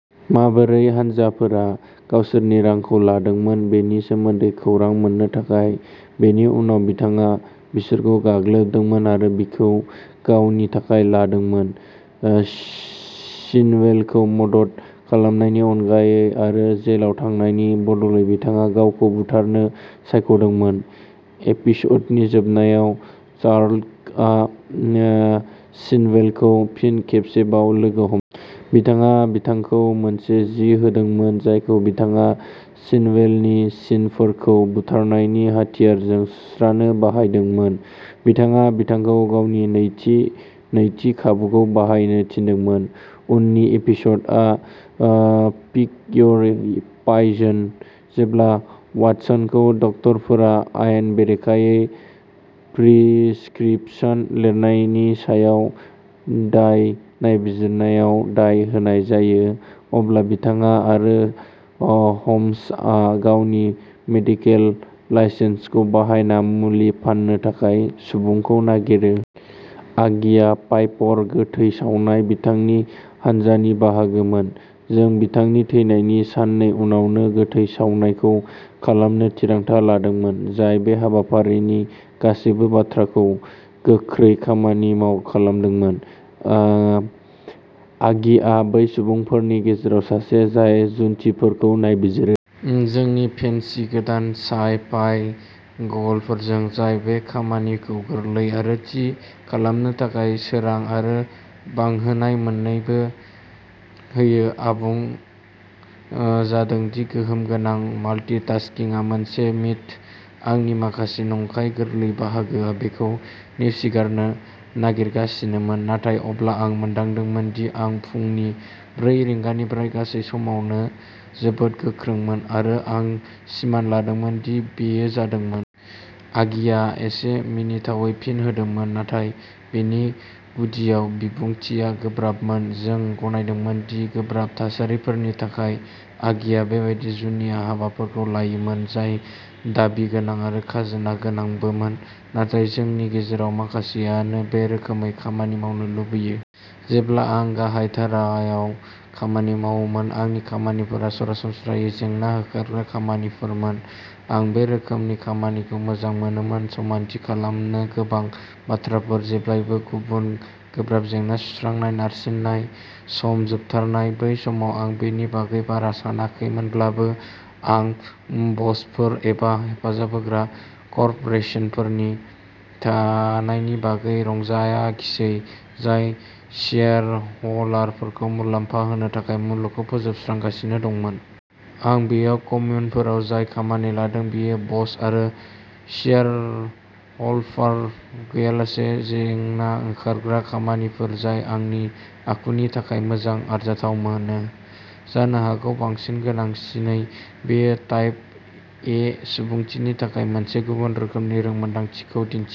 माबोरै हान्जाफोरा गावसोरनि रांखौ लांदोंमोन बेनि सोमोन्दै खौरां मोन्नो थाखाय। बेनि उनाव बिथाङा बिसोरखौ गाग्लोबदोंमोन आरो बेखौ गावनि थाखाय लादोंमोन। शिनवेलखौ मदद खालामनायनि अनगायै आरो जेलाव थांनायनि बदलै बिथाङा गावखौ बुथारनो सायख'दोंमोन। एपिस'डनि जोबनायाव, शार्लकआ शिनवेलखौ फिन खेबसेबाव लोगो हमदोंमोन। बिथाङा बिथांखौ मोनसे जि होदोंमोन जायखौ बिथाङा शिनवेलनि सिनफोरखौ बुथारनायनि हाथियारजों सुस्रानो बाहायदोंमोन। बिथाङा बिथांखौ गावनि नैथि, नैथि खाबुखौ बाहायनो थिनदोंमोन। उननि एपिस'डआ पिक योर पायजन। जेब्ला वाटसनखौ डाक्टरफोरा आयेन बेरेखायै प्रिस्क्रिप्शन लिरनायनि सायाव डीईए नायबिजिरनायाव दाय होनाय जायो, अब्ला बिथाङा आरो ह'म्सआ गावनि मेडिकेल लाइसेन्सखौ बाहायना मुलि फाननो थाखाय सुबुंखौ नागिरो। आगिआ पाइपर गोथै सावनाय बिथांखि हान्जानि बाहागोमोन। जों बिथांनि थैनायनि साननै उनावनो गोथै सावनायखौ खालामनो थिरांथा लादोंमोन, जाय बे हाबाफारिनि गासैबो बाथ्राखौ गोख्रै खामानि खालामदोंमोन। आगिआ बै सुबुंफोरनि गेजेराव सासे जाय जुन्थिफोरखौ नायबिजिरो। जोंनि फेन्सी गोदान साइ-फाइ गगलफोरजों, जाय बे खामानिखौ गोरलै आरो थि खालामनो थाखाय सोरां आरो बांहोनाय मोन्नैबो होयो। आं बुंनाय जादों दि गोहोम गोनां माल्टिटास्किंआ मोनसे मिथ। आंनि माखासे नंखाय गोरलै बाहागोआ बेखौ नेवसिगारनो नागिरगासिनोमोन, नाथाय अब्ला आं मोनदांदोंमोन दि आं फुंनि ब्रै रिंगानिफ्राय गासै समावनो जोबोद गोख्रोंमोन आरो आं सिमान लादोंमोन दि बेयो जादोंमोन। आगिआ एसे मिनिथावै फिन होदोंमोन, नाथाय बेनि गुदियाव बिबुंथिआ गोब्राबमोन। जों गनायदोंमोन दि गोब्राब थासारिफोरनि थाखाय, आगिया बेबादि जुनिया हाबाफोरखौ लायोमोन, जाय दाबि गोनां आरो खाजोना गोनांबोमोन। नाथाय जोंनि गेजेराव माखासेआनो बे रोखोमै खामानि मावनो लुबैयो। जेब्ला आं गाहायधारायाव खामानि मावोमोन, आंनि खामानिफोरा सरासनस्रायै जेंना होखारग्रा खामानिफोरमोन। आं बे रोखोमनि खामानिखौ मोजां मोनोमोन समानथि खालामनो गोबां बाथ्राफोर, जेब्लाबो गुबुन, गोब्राब जेंना सुस्रांनाय, नारसिननाय। सम जोबथारनाय। बै समाव आं बेनि बागै बारा सानाखैमोनब्लाबो, आं ब'सफोर एबा हेफाजाब होग्रा कर्प'रेसनफोर थानायनि बागै रंजाखिसै, जाय शेयारह'लारफोरखौ मुलाम्फा होनो थाखाय मुलुगखौ फोजोबस्रांगासिनो दंमोन। आं बेयाव कम्युनफोराव जाय खामानि लादों बेयो ब'स आरो शेयारह'लारफोर गैयालासे जेंना होखारग्रा खामानिफोर, जाय आंनि आखुनि थाखाय मोजां आरजाथाव मोनो। जानो हागौ बांसिन गोनांसिनै, बेयो टाइप ए सुबुंथिनि थाखाय मोनसे गुबुन रोखोमनि रोंमोनदांथिखौ दिन्थियो।